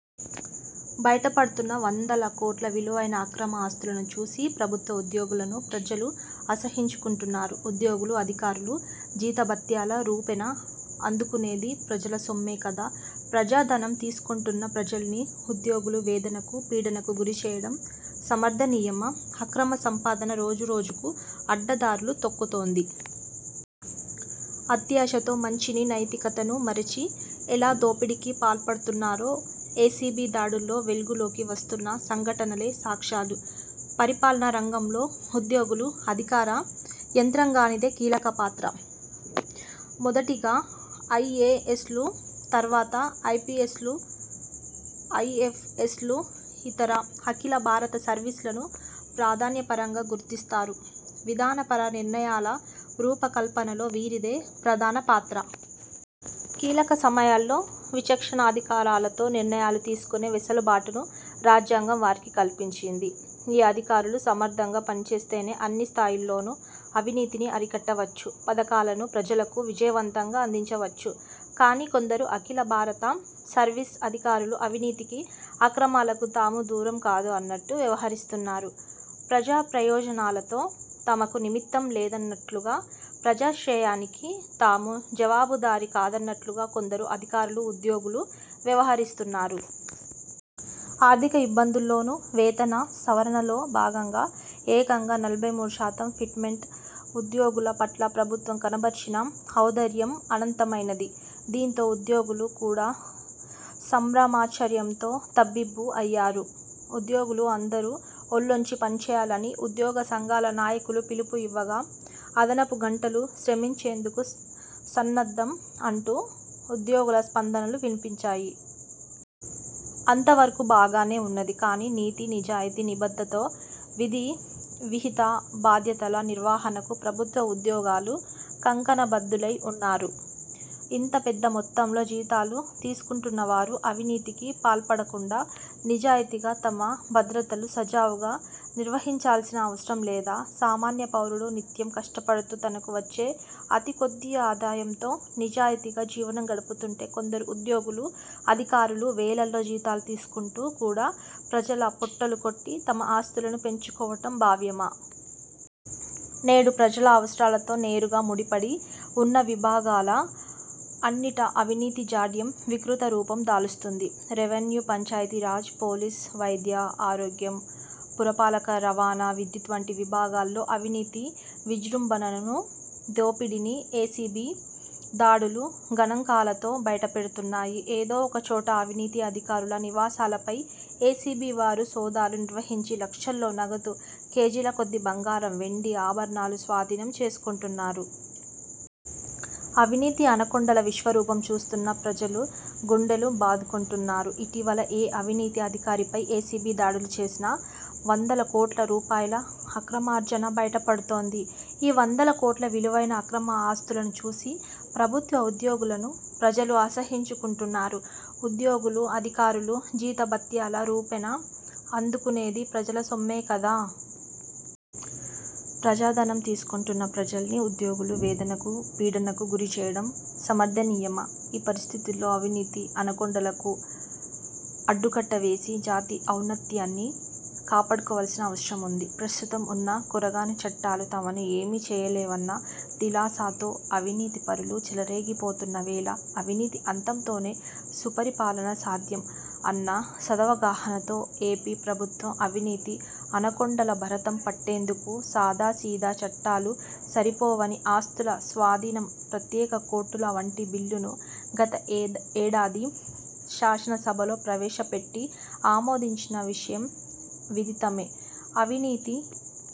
బయటపడుతున్న వందల కోట్ల విలువైన అక్రమ ఆస్తులను చూసి ప్రభుత్వ ఉద్యోగులను ప్రజలు అసహ్యించుకుంటున్నారు. ఉద్యోగులు, అధికారులు జీతభత్యాల రూపేణా అందుకునేది ప్రజల సొమ్మే కదా. ప్రజాధనం తీసుకుంటున్న ప్రజల్ని ఉద్యోగులు వేదనకు, పీడనకు గురిచేయడం సమర్థనీయమా? అక్రమ సంపాదన రోజు రోజుకు అడ్డదారులు తొక్కుతోంది. అత్యాశతో మంచిని, నైతికతను మరచి ఎలా దోపిడీకి పాల్పడుతున్నారో ఏసీబీ దాడుల్లో వెలుగులోకి వస్తున్న సంఘటనలే సాక్ష్యాలు. పరిపాలనా రంగంలో ఉద్యోగులు, అధికార యంత్రాంగానిదే కీలకపాత్ర. మొదటిగా ఐఏఎస్లు, తరువాత ఐపీఎస్లు, ఐఎఫ్ఎస్లు, ఇతర అఖిల భారత సర్వీసులను ప్రాధాన్య పరంగా గుర్తిస్తారు. విధానపర నిర్ణయాల రూపకల్పనలో వీరిదే ప్రధాన పాత్ర. కీలక సమయాల్లో విచక్షణాధికారాలతో నిర్ణయాలు తీసుకొనే వెసులుబాటును రాజ్యాంగం వారికి కల్పించింది. ఈ అధికారులు సమర్థంగా పనిచేస్తేనే అన్నిస్థాయిల్లోనూ అవినీతిని అరికట్టవచ్చు. పథకాలను ప్రజలకు విజయవంతంగా అందించవచ్చు. కానీ కొందరు అఖిలభారత సర్వీసు అధికారులు అవినీతికి, అక్రమాలకు తాము దూరం కాదు అన్నట్లు వ్యవహరిస్తున్నారు. ప్రజాప్రయోజనాలతో తమకు నిమిత్తం లేదన్నట్లుగా, ప్రజాశ్రేయానికి తాము జవాబుదారీ కాదన్నట్లుగా కొందరు అధికారులు, ఉద్యోగులు వ్యవహరిస్తున్నారు. ఆర్థిక ఇబ్బందుల్లోనూ వేతన సవరణలో భాగంగా ఏకంగా నలభై మూడుశాతం ఫిట్ మెంట్ ఉద్యోగుల పట్ల ప్రభుత్వం కనబరిచిన ఔదార్యం అనంతమైనది. దీంతో ఉద్యోగులు కూడా సంభ్రమాశ్చర్యంతో తబ్బిబ్బు అయ్యారు. ఉద్యోగులు అందరూ ఒళ్లొంచి పనిచేయాలని ఉద్యోగ సంఘాల నాయకులు పిలుపు ఇవ్వగా, అదనపు గంటలు శ్రమించేందుకు సన్నద్ధం అంటూ ఉద్యోగుల స్పందనలు వినిపించాయి. అంతవరకూ బాగానే ఉన్నది. కానీ నీతి, నిజాయితీ, నిబద్ధతతో విధివిహిత బాధ్యతల నిర్వహణకు ప్రభుత్వ ఉద్యోగులు కంకణబద్దులై ఉన్నారా? ఇంత పెద్ద మొత్తంలో జీతాలు తీసుకుంటున్నవారు అవినీతికి పాల్పడకుండా నిజాయితీగా తమ బాధ్యతలు సజావుగా నిర్వహించాల్సిన అవసరం లేదా? సామాన్య పౌరుడు నిత్యం కష్టపడుతూ తనకు వచ్చే అతి కొద్ది ఆదాయంతో నిజాయితీగా జీవనం గడుపుతుంటే కొందరు ఉద్యోగులు, అధికారులు వేలల్లో జీతాలు తీసుకుంటూ కూడా ప్రజల పొట్టలుకొట్టి తమ ఆస్తులు పెంచుకోవటం భావ్యమా? నేడు ప్రజల అవసరాలతో నేరుగా ముడిపడి ఉన్న విభాగాల అన్నింటా అవినీతి జాడ్యం వికృతరూపం దాలుస్తుంది. రెవెన్యూ, పంచాయతీ రాజ్, పోలీస్, వైద్య ఆరోగ్యం, పురపాలక, రవాణా, విద్యుత్ వంటి విభాగాల్లో అవినీతి విజృంభణను, దోపిడీని ఏసీబీ దాడులు గణాంకాలతో బయటపెడుతున్నాయి. ఏదో ఒకచోట అవినీతి అధికారుల నివాసాలపై ఏసీబీ వారు సోదాలు నిర్వహించి లక్షల్లో నగదు, కేజీల కొద్ది బంగారం వెండి ఆభరణాలు స్వాధీనం చేసుకుంటున్నారు. అవినీతి అనకొండల విశ్వరూపం చూస్తున్న ప్రజలు గుండెలు బాదుకుంటున్నారు. ఇటీవల ఏ అవినీతి అధికారిపై ఏసీబీ దాడులు చేసినా వందల కోట్ల రూపాయల అక్రమార్జన బయటపడుతుంది. ఈ వందల కోట్ల విలువైన అక్రమ ఆస్తులను చూసి ప్రభుత్వ ఉద్యోగులను ప్రజలు అసహ్యించుకుంటున్నారు. ఉద్యోగులు, అధికారులు జీతభత్యాల రూపెణా అందుకునేది ప్రజల సొమ్మే కదా. ప్రజాధనం తీసుకుంటున్న ప్రజల్ని ఉద్యోగులు వేదనకు, పీడనకు గురిచేయడం సమర్థనీయమా? ఈ పరిస్థితుల్లో అవినీతి అనకొండలకు అడ్డుకట్ట వేసి జాతి ఔన్నత్యాన్ని కాపాడుకోవాల్సిన అవసరముంది. ప్రస్తుతం ఉన్న కొరగాని చట్టాలు తమను ఏమీ చేయలేవన్న దిలాసాతో అవినీతిపరులు చెలరేగిపోతున్న వేళ అవినీతి అంతంతోనే సుపరిపాలన సాధ్యం అన్న సదవగాహనతో ఏపీ ప్రభుత్వం అవినీతి అనకొండల భరతం పట్టేందుకు సాదా సీదా చట్టాలు సరిపోవని ఆస్తుల స్వాధీనం, ప్రత్యేక కోర్టుల వంటి బిల్లును గత ఏద్ ఏడాది శాసనసభలో ప్రవేశపెట్టి ఆమోదించిన విషయం విదితమే. అవినీతి,